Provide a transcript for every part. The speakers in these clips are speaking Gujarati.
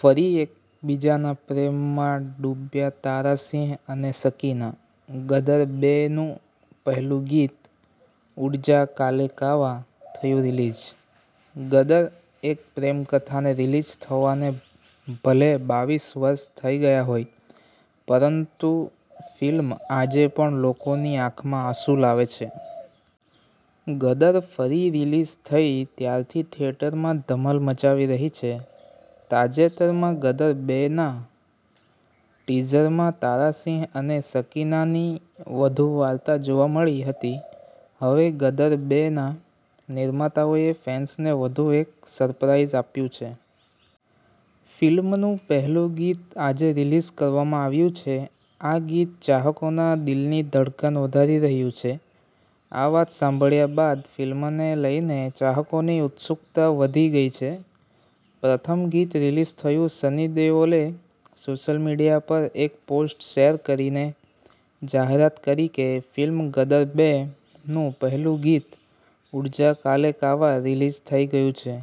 ફરી એકબીજાના પ્રેમમાં ડૂબ્યા તારા સિંહ અને સકીના, ગદર બે નું પહેલું ગીત 'ઉડ જા કાલે કાવા' થયું રિલીઝ. ગદરઃ એક પ્રેમ કથા ને રિલીઝ થયાને ભલે બાવીશ વર્ષ થઈ ગયા હોય, પરંતુ ફિલ્મ આજે પણ લોકોની આંખોમાં આંસુ લાવે છે. 'ગદર' ફરી રિલીઝ થઈ ત્યારથી થિયેટરોમાં ધમાલ મચાવી રહી છે. તાજેતરમાં, 'ગદર બે ' ના ટીઝરમાં તારા સિંહ અને સકીનાની વધુ વાર્તા જોવા મળી હતી. હવે 'ગદર બે 'ના નિર્માતાઓએ ફેન્સને વધુ એક સરપ્રાઈઝ આપ્યું છે. ફિલ્મનું પહેલું ગીત આજે રિલીઝ કરવામાં આવ્યું છે. આ ગીત ચાહકોના દિલની ધડકન વધારી રહ્યું છે. આ વાત સાંભળ્યા બાદ ફિલ્મને લઈને ચાહકોની ઉત્સુકતા વધી ગઈ છે. પ્રથમ ગીત રિલીઝ થયું સની દેઓલે સોશિયલ મીડિયા પર એક પોસ્ટ શેર કરીને જાહેરાત કરી કે ફિલ્મ 'ગદર બે 'નું પહેલું ગીત 'ઉડ જા કાલે કાવા' રિલીઝ થઈ ગયું છે.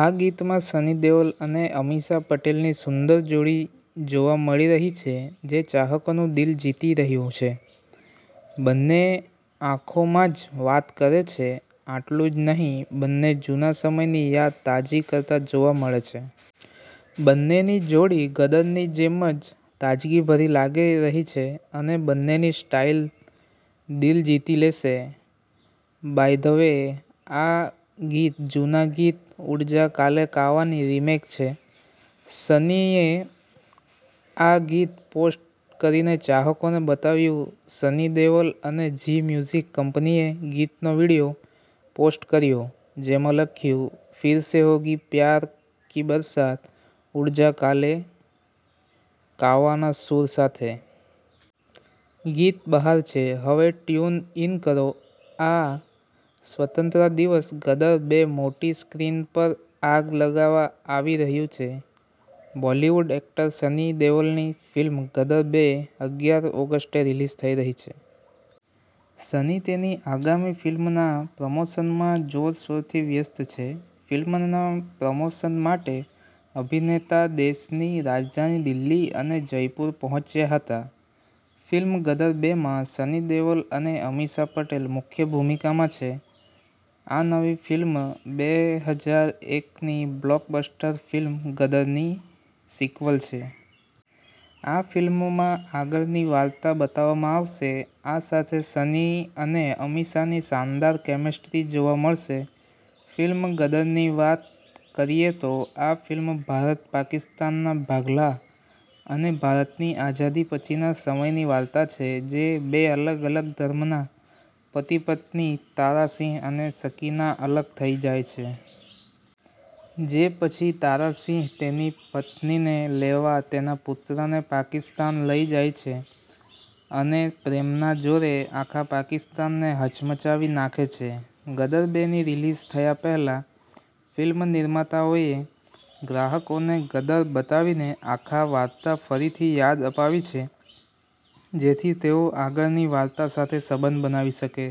આ ગીતમાં સની દેઓલ અને અમીષા પટેલની સુંદર જોડી જોવા મળી રહી છે, જે ચાહકોનું દિલ જીતી રહ્યું છે. બંને આંખોમાં જ વાત કરે છે. આટલું જ નહીં બંને જૂના સમયની યાદ તાજી કરતા જોવા મળે છે. બંનેની જોડી 'ગદર'ની જેમ જ તાજગીભરી લાગી રહી છે અને બંનેની સ્ટાઈલ દિલ જીતી લેશે. બાય ધ વે, આ ગીત જૂના ગીત 'ઉડ જા કાલે કાવા'ની રીમેક છે. સનીએ આ ગીત પોસ્ટ કરીને ચાહકોને બતાવ્યું સની દેઓલ અને ઝી મ્યુઝિક કંપનીએ ગીતનો વિડિયો પોસ્ટ કર્યો, જેમાં લખ્યું, 'ફિર સે હોગી પ્યાર કી બરસાત, ઉડ જા કાલે કાવાના સૂર સાથે! ગીત બહાર છે, હવે ટ્યુન ઇન કરો. આ સ્વતંત્રતા દિવસ ગદર બે મોટી સ્ક્રીન પર આગ લગાવવા આવી રહ્યું છે. બોલિવૂડ એક્ટર સની દેઓલની ફિલ્મ 'ગદર બે ' અગ્યાર ઓગસ્ટે રિલીઝ થઈ રહી છે. સની તેની આગામી ફિલ્મના પ્રમોશનમાં જોરશોરથી વ્યસ્ત છે. ફિલ્મના પ્રમોશન માટે અભિનેતા દેશની રાજધાની દિલ્હી અને જયપુર પહોંચ્યા હતા. ફિલ્મ 'ગદર બે 'માં સની દેઓલ અને અમીષા પટેલ મુખ્ય ભૂમિકામાં છે. આ નવી ફિલ્મ બે હજાર એક ની બ્લોકબસ્ટર ફિલ્મ 'ગદર'ની સિક્વલ છે. આ ફિલ્મમાં આગળની વાર્તા બતાવવામાં આવશે. આ સાથે સની અને અમીષાની શાનદાર કેમેસ્ટ્રી જોવા મળશે. ફિલ્મ 'ગદર'ની વાત કરીએ તો આ ફિલ્મ ભારત-પાકિસ્તાનના ભાગલા અને ભારતની આઝાદી પછીના સમયની વાર્તા છે. જેમાં બે અલગ-અલગ ધર્મના પતિ-પત્ની તારા સિંહ અને સકીના અલગ થઈ જાય છે. જે પછી તારા સિંહ તેની પત્નીને લેવા તેના પુત્રને પાકિસ્તાન લઈ જાય છે અને પ્રેમના જોરે આખા પાકિસ્તાનને હચમચાવી નાખે છે. 'ગદર બે' ની રિલીઝ પહેલા, ફિલ્મ નિર્માતાઓએ ચાહકોને 'ગદર' બતાવીને આખી વાર્તા ફરીથી યાદ અપાવી છે, જેથી તેઓ આગળની વાર્તા સાથે સંબંધ બનાવી શકે.